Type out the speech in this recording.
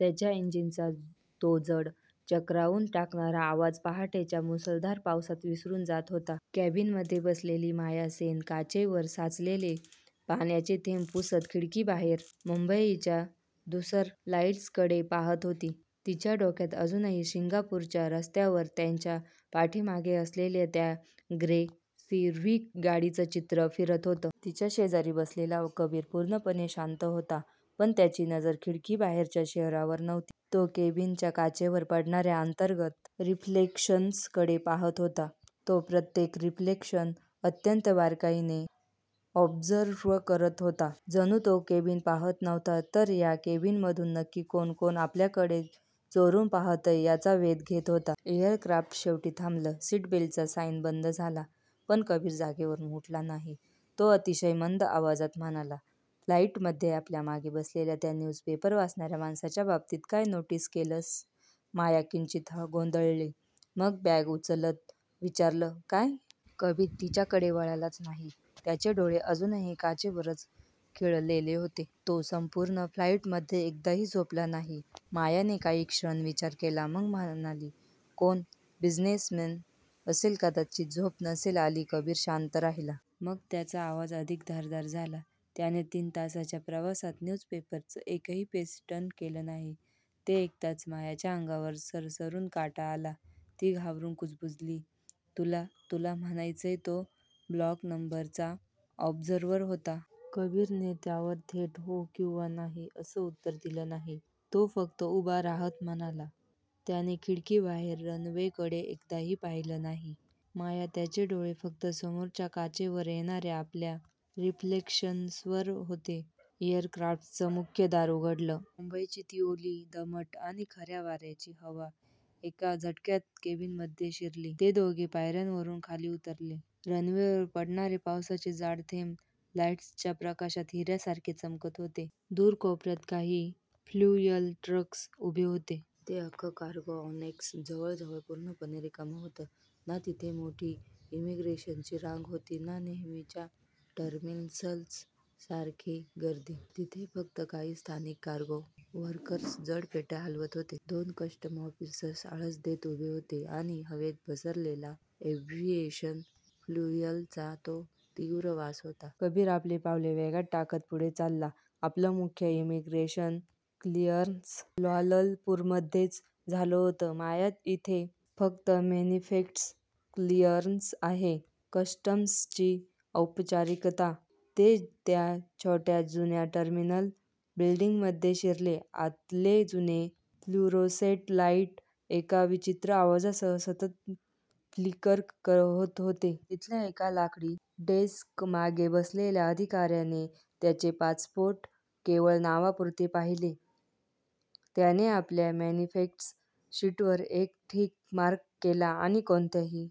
त्याच्या इंजिनचा तो जड, चक्रावून टाकणारा आवाज पहाटेच्या मुसळधार पावसात विरून जात होता. केबिनमध्ये बसलेली माया सेन काचेवर साचलेले पाण्याचे थेंब पुसत खिडकीबाहेर मुंबईच्या धूसर लाईट्सकडे पाहत होती. तिच्या डोक्यात अजूनही सिंगापूरच्या रस्त्यांवर त्यांच्या पाठीमागे असलेल्या त्या 'ग्रे सिव्हिक' गाडीचं चित्र फिरत होतं. तिच्या शेजारी बसलेला कबीर पूर्णपणे शांत होता. पण त्याची नजर खिडकीबाहेरच्या शहरावर नव्हती. तो केबिनच्या काचेवर पडणाऱ्या अंतर्गत रिफ्लेक्शन्सकडे पाहत होता. तो प्रत्येक रिफ्लेक्शन अत्यंत बारकाईने ऑब्झर्व्ह करत होता. जणू तो केबिन पाहत नव्हता, तर या केबिनमधून नक्की कोण-कोण आपल्याकडे चोरून पाहतंय, याचा वेध घेत होता. एअरक्राफ्ट शेवटी थांबलं. सीटबेल्टचा साईन बंद झाला. पण कबीर जागेवरून उठला नाही. तो अतिशय मंद, आवाजात म्हणाला, "फ्लाईटमध्ये आपल्या मागे बसलेल्या त्या न्यूजपेपर वाचणाऱ्या माणसाच्या बाबतीत काही नोटीस केलंस?" माया किंचित गोंधळली, तिने बॅग उचलत विचारलं, "काय? " कबीर तिच्याकडे वळलाच नाही, त्याचे डोळे अजूनही काचेवरच खिळलेले होते. "तो संपूर्ण फ्लाईटमध्ये एकदाही झोपला नाही." मायाने काही क्षण विचार केला, मग म्हणाली, "कोणी बिझनेसमन असेल कदाचित. झोप नसेल आली. " कबीर शांत राहिला. मग त्याचा आवाज अधिक धारदार झाला, "त्याने तीन तासांच्या प्रवासात न्यूजपेपरचं एकही पेज टर्न केलं नाही." ते ऐकताच मायाच्या अंगावर सरसरून काटा आला. ती घाबरून कुजबुजली, "तुला तुला म्हणायचंय तो ब्लॅक एम्बरचा ऑब्झर्वर होता? " कबीरने त्यावर थेट हो किंवा नाही असं उत्तर दिलं नाही. तो फक्त उभा राहत म्हणाला "त्याने खिडकीबाहेर रनवेकडे एकदाही पाहिलं नाही, माया त्याचे डोळे फक्त समोरच्या काचेवर येणाऱ्या आपल्या रिफ्लेक्शन्सवर होते." एअरक्राफ्टचं मुख्य दार उघडलं. मुंबईची ती ओली, दमट आणि खाऱ्या वाऱ्याची हवा एका झटक्यात केबिनमध्ये शिरली. ते दोघे पायऱ्यांवरून खाली उतरले. रनवेवर पडणारे पावसाचे जाड थेंब लाईट्सच्या प्रकाशात हिऱ्यांसारखे चमकत होते. दूर कोपऱ्यात काही फ्युएल ट्रक्स उभे होते. ते अख्खं कार्गो अॅनेक्स जवळजवळ पूर्णपणे रिकामं होतं. ना तिथे मोठी इमिग्रेशनची रांग होती, ना नेहमीच्या टर्मिनल्ससारखी गर्दी. तिथे फक्त काही स्थानिक कार्गो वर्कर्स जड पेट्या हलवत होते. दोन कस्टम्स ऑफिसर्स आळस देत उभे होते आणि हवेत पसरलेला एव्हिएशन फ्युएलचा तो तीव्र वास होता. कबीर आपले पावले वेगात टाकत पुढे चालला, "आपलं मुख्य इमिग्रेशन क्लिअरन्स क्वालालंपूरमध्येच झालं होतं, माया इथे फक्त मॅनिफेस्ट क्लिअरन्स आहे. कस्टम्सची औपचारिकता." ते त्या छोट्या, जुन्या टर्मिनल बिल्डिंगमध्ये शिरले. आतले जुने फ्लुरोसेंट लाईट्स एका विचित्र आवाजासह सतत फ्लिकर होत होते. तिथल्या एका लाकडी डेस्कमागे बसलेल्या अधिकाऱ्याने त्यांचे पासपोर्ट्स केवळ नावापुरते पाहिले. त्याने आपल्या मॅनिफेस्ट शीटवर एक टिक मार्क केला आणि कोणत्याही